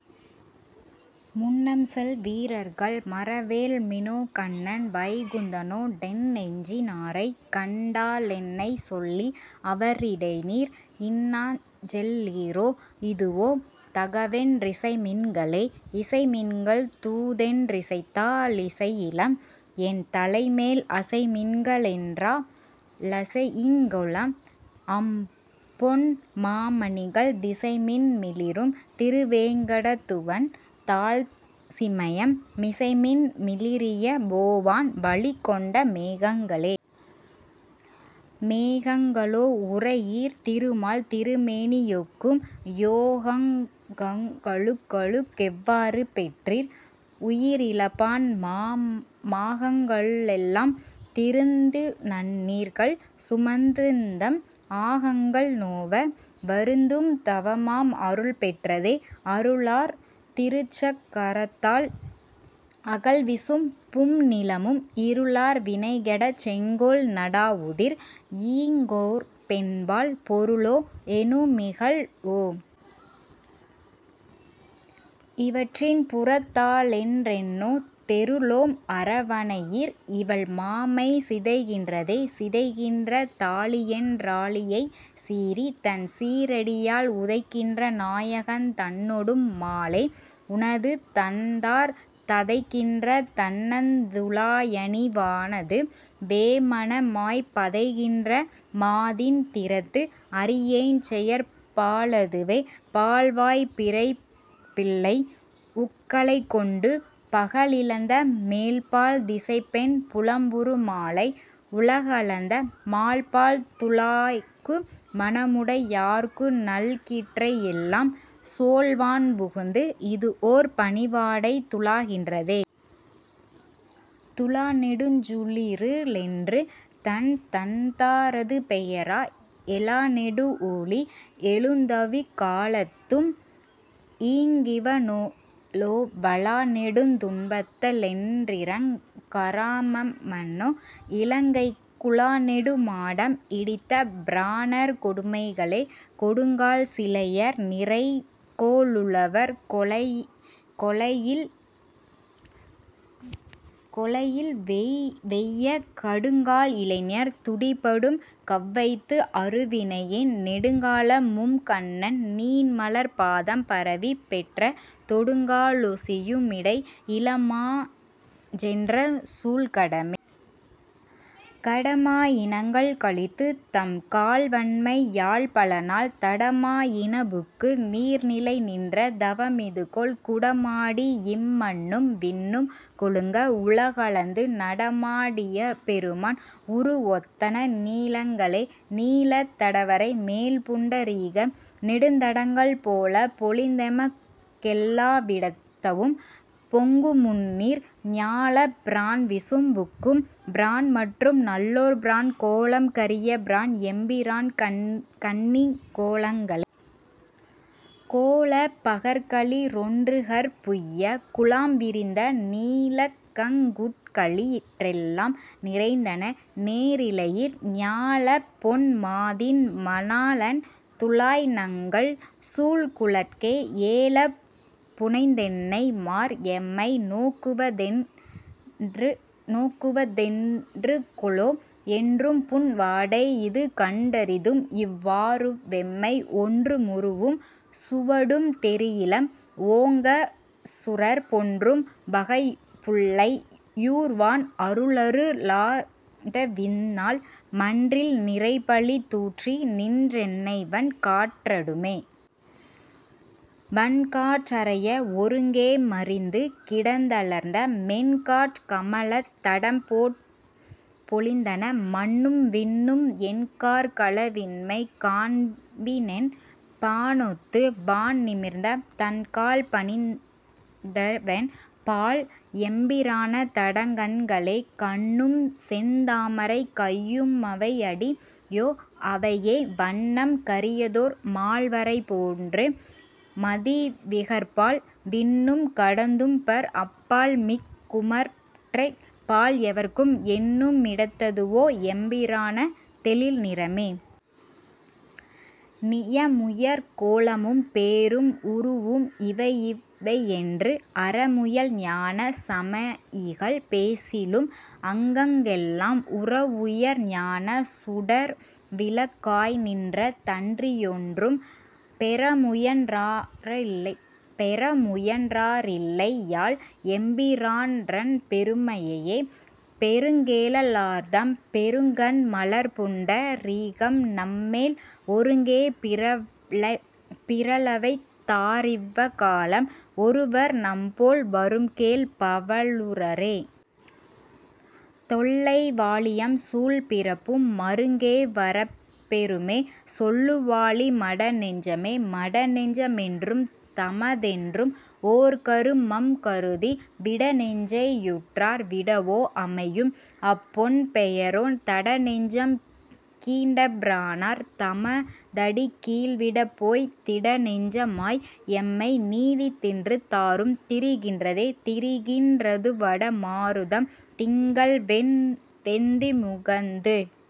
முன்னம்செல் வீர்கள் மறவேல்மினோகண்ணன் வைகுந்தனோ டென்னெஞ்சி னாரைக்கண் டாலென்னைச் சொல்லி அவரிடைநீர் இன்னஞ்செல் லீரோ, இதுவோ தகவென் றிசைமின்களே. இசைமின்கள் தூதென் றிசைத்தா லிசையிலம், என்தலைமேல் அசைமின்க ளென்றா லசையிங்கொலாம், அம்பொன் மாமணிகள் திசைமின் மிளிரும் திருவேங்கடத்துவன் தாள்சிமயம் மிசைமின் மிளிரிய போவான் வழிக் கொண்ட மேகங்களே. மேகங்க ளோ. உரை யீர், திருமால்திரு மேனியொக்கும் யோகங்க ளுங்களுக் கெவ்வாறு பெற்றீர், உயிரளிப்பான் மாகங்க ளெல்லாம் திரிந்துநன்னீர்கள் சுமந்து_ந்தம் ஆகங்கள் நோவ, வருந்தும் தவமாம் அருள்பெற்றதே? அருளார் திருச்சக் கரத்தால் அகல்விசும் பும்நிலனும் இருளார் வினைகெடச் செங்கோல் நடாவுதிர், ஈங்கோர்பெண்பால் பொருளோ எனுமிகழ் வோ? இவற்றின்புறத் தாளென்றெண்ணோ? தெருளோம் அரவணை யீர், இவள் மாமை சிதைக்கின்றதே. சிதைக்கின்ற தாழியென் றாழியைச் சீறி, தன் சீறடியால் உதைக்கின்ற நாயகந் தன்னொடும் மாலே, உனதுதண்தார் ததைக்கின்ற தண்ணந் துழாயணி வானது வேமனமாய்ப் பதைக்கின்ற மாதின் திறத்துஅறியேஞ்செயற் பாலதுவே. பால்வாய்ப் பிறைப்பிள்ளை ஒக்கலைக் கொண்டு, பகலிழந்த மேல்பால் திசைப்பெண் புலம்புறு மாலை, உலகளந்த மால்பால் துழாய்க்கு மனமுடை யார்க்குநல் கிற்றையெல்லாம் சோல்வான் புகுந்து, இது வோர்பனி வாடை துழாகின்றதே. துழாநெடுஞ் சூழிரு ளென்று, தன் தண்தா ரதுபெயரா எழாநெடு வூழி யெழுந்தவிக் காலத்தும், ஈங்கிவளோ வழாநெடுந் துன்பத்த ளென்றிரங் காரம்ம னோ. இலங்கைக் குழாநெடு மாடம், இடித்த பிரானார் கொடுமைகளே. கொடுங்கால் சிலையர் நிரைகோ ளுழவர், கொலையில்வெய்ய கடுங்கால் இளைஞர் துடிபடும் கவ்வைத்து, அருவினையேன் நெடுங்கால மும்கண்ணன் நீண்மலர்ப் பாதம் பரவிப் பெற்ற தொடுங்கா லொசியு மிடை, இள மாஞ்சென்ற சூழ்கடமே. கடமா யினகள் கழித்து, தம் கால்வன்மை யால்பலநாள் தடமா யினபுக்கு நீர்நிலை நின்ற தவமிதுகொல், குடமாடி யிம்மண்ணும் விண்ணும் குலுங்க வுலகளந்து நடமா டியபெரு மான், உரு வொத்தன நீலங்களே. நீலத் தடவரை மேல்புண்ட ரீக நெடுந்தடங்கள் போல, பொலிந்தெமக் கெல்லா விடத்தவும், பொங்குமுந்நீர் ஞாலப் பிரான்விசும் புக்கும் பிரான்மற்றும் நல்லோர்பிரான் கோலம் கரிய பிரான், எம்பிரான்கண்ணின் கோலங்களே. கோலப் பகற்களி றொன்றுகற் புய்ய, குழாம்விரிந்த நீலக்கங் குற்களி றெல்லாம் நிறைந்தன, நேரிழையீர். ஞாலப்பொன் மாதின் மணாளன் துழாய்நங்கள் சூழ்குழற்கே ஏலப் புனைந்தென்னை மார், எம்மை நோக்குவ தென்றுகொலோ. என்றும்புன் வாடை யிதுகண்டறிதும், இவ் வாறுவெம்மை ஒன்றுமுருவும் சுவடும் தெரியிலம், ஓங்கசுரர் பொன்றும் வகைபுள்ளை யூர்வான் அருளரு ளாதவிந்நாள் மன்றில் நிறைபழி தூற்றி, நின்றென்னைவன் காற்றடுமே. வன்காற் றறைய ஒருங்கே மறிந்து கிடந்தலர்ந்த, மென்காற் கமலத் தடம்போற் பொலிந்தன, மண்ணும்விண்ணும் என்காற் களவின்மை காண்மினென் பானொத்து வான்நிமிர்ந்த தன்கால்பணிந்தவென் பால், எம்பிரான தடங்கண்களே. கண்ணும்செந் தாமரை கையு மவைஅடி யோஅவையே, வண்ணம் கரியதோர் மால்வரை போன்று, மதிவிகற்பால் விண்ணும் கடந்தும்பர் அப்பால்மிக் குமற்றெப் பால்எவர்க்கும் எண்ணு மிடத்தது வோ, எம்பிரான தெழில்நிறமே? நியமுயர் கோலமும் பேரும் உருவும் இவையிவையென்று, அறமுயல் ஞானச் சமயிகள் பேசிலும், அங்கங்கெல்லாம் உறவுயர் ஞானச் சுடர்விளக் காய்நின்ற தன்றியொன்றும் பெறமுயன் றாரில்லை யால், எம்பி ரான்றன் பெருமையையே. பெருங்கேழ லார்தம் பெருங்கண் மலர்ப்புண்ட ரீகம்நம்மேல் ஒருங்கே பிறழவைத் தாரிவ்வ காலம், ஒருவர்நம்போல் வரும்கேழ் பவருள ரே? தொல்லை வாழியம் சூழ்பிறப்பும் மருங்கே வரப்பெறு மே, சொல்லுவாழி மடநெஞ்சமே. மடநெஞ்ச மென்றும் தமதென்றும், ஓர்கரு மம்கருதி, விடநெஞ்சை யுற்றார் விடவோ அமையும், அப் பொன்பெயரோன் தடநெஞ்சம் கீண்ட பிரானார் தமதடிக் கீழ்விடப்போய்த் திடநெஞ்ச மாய், எம்மை நீத்தின்று தாறும் திரிகின்றதே. திரிகின் றதுவட மாருதம், திங்கள்வெந் தீமுகந்து